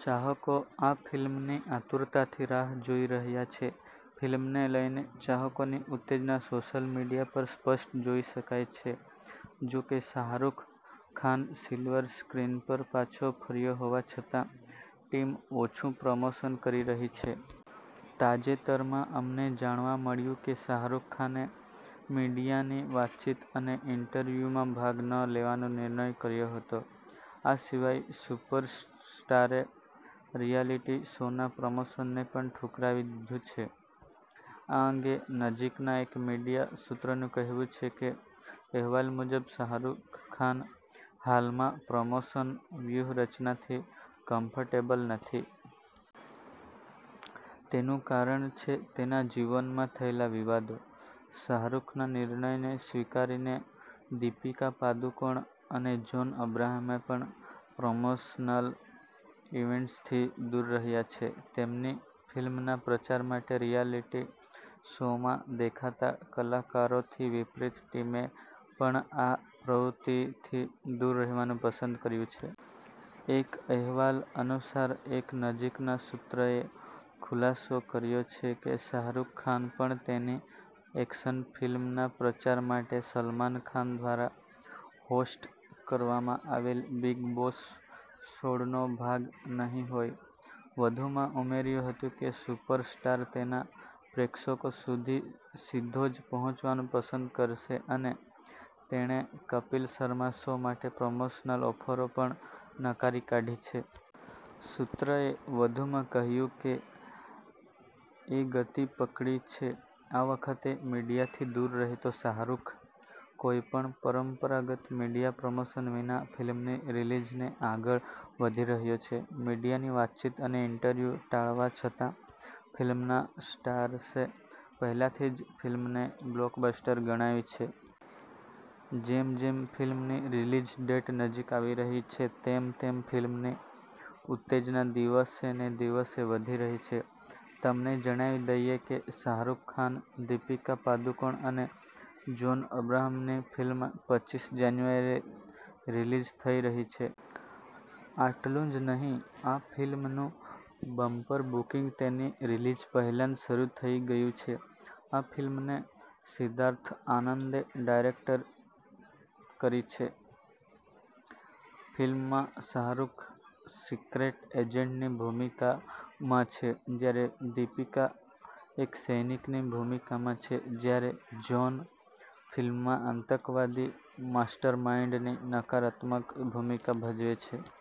ચાહકો આ ફિલ્મની આતુરતાથી રાહ જોઈ રહ્યા છે. ફિલ્મને લઈને ચાહકોની ઉત્તેજના સોશિયલ મીડિયા પર સ્પષ્ટ જોઈ શકાય છે. જો કે, શાહરૂખ ખાન સિલ્વર સ્ક્રીન પર પાછો ફર્યો હોવા છતાં, ટીમ ઓછુ પ્રમોશન કરી રહી છે. તાજેતરમાં અમને જાણવા મળ્યું કે શાહરૂખ ખાને જ મીડિયાની વાતચીત અને ઇન્ટરવ્યુમાં ભાગ ન લેવાનો નિર્ણય કર્યો હતો. આ સિવાય સુપરસ્ટારે રિયાલિટી શોના પ્રમોશનને પણ ઠુકરાવી દીધું છે. આ અંગે નજીકના એક મીડિયા સૂત્રનું કહેવું છે કે અહેવાલ મુજબ, શાહરૂખ ખાન હાલમાં પ્રમોશન વ્યૂહરચનાથી કમ્ફર્ટેબલ નથી. તેનું કારણ છે તેના જીવનમાં થયેલા વિવાદો. શાહરૂખના નિર્ણયને સ્વીકારીને દીપિકા પાદુકોણ અને જોન અબ્રાહમે પણ પ્રમોશનલ ઈવેન્ટ્સથી દૂર રહ્યા છે. તેમની ફિલ્મના પ્રચાર માટે રિયાલિટી શોમાં દેખાતા કલાકારોથી વિપરીત, ટીમે પણ આ પ્રવૃત્તિથી દૂર રહેવાનું પસંદ કર્યું છે. એક અહેવાલ અનુસાર, એક નજીકના સૂત્રએ ખુલાસો કર્યો છે કે શાહરૂખ ખાન પણ તેની એક્શન ફિલ્મના પ્રચાર માટે સલમાન ખાન દ્વારા હોસ્ટ કરવામાં આવેલ બિગ બોસ સોડનો ભાગ નહીં હોય. વધુમાં ઉમેર્યું હતું કે સુપરસ્ટાર તેના પ્રેક્ષકો સુધી સીધો જ પહોંચવાનું પસંદ કરશે અને તેણે કપિલ શર્મા શો માટે પ્રમોશનલ ઑફરો પણ નકારી કાઢી છે. સૂત્રએ વધુમાં કહ્યું કે એ ગતિ પકડી છે આ વખતે મીડિયાથી દૂર રહેતો શાહરૂખ. કોઈપણ પરંપરાગત મીડિયા પ્રમોશન વિના ફિલ્મની રિલીઝને આગળ વધી રહ્યો છે. મીડિયાની વાતચીત અને ઇન્ટરવ્યુ ટાળવા છતાં ફિલ્મના સ્ટાર્સે પહેલાથી જ ફિલ્મને બ્લોકબસ્ટર ગણાવી છે. જેમ જેમ ફિલ્મની રિલીઝ ડેટ નજીક આવી રહી છે તેમ તેમ ફિલ્મની ઉત્તેજના દિવસેને દિવસે વધી રહી છે. તમને જણાવી દઈએ કે, શાહરૂખ ખાન, દીપિકા પાદુકોણ અને જોન અબ્રાહમની ફિલ્મ પચીસ જાન્યુઆરીએ રિલીઝ થઈ રહી છે. આટલું જ નહીં આ ફિલ્મનું બમ્પર બુકિંગ તેની રિલીઝ પહેલા જ શરૂ થઈ ગયું છે. આ ફિલ્મને સિદ્ધાર્થ આનંદે ડાયરેક્ટ કરી છે. ફિલ્મમાં શાહરૂખ સિક્રેટ એજન્ટની ભૂમિકામાં છે, જ્યારે દીપિકા એક સૈનિકની ભૂમિકામાં છે ,જ્યારે જ્હોન ફિલ્મમાં આતંકવાદી માસ્ટરમાઇન્ડની નકારાત્મક ભૂમિકા ભજવે છે.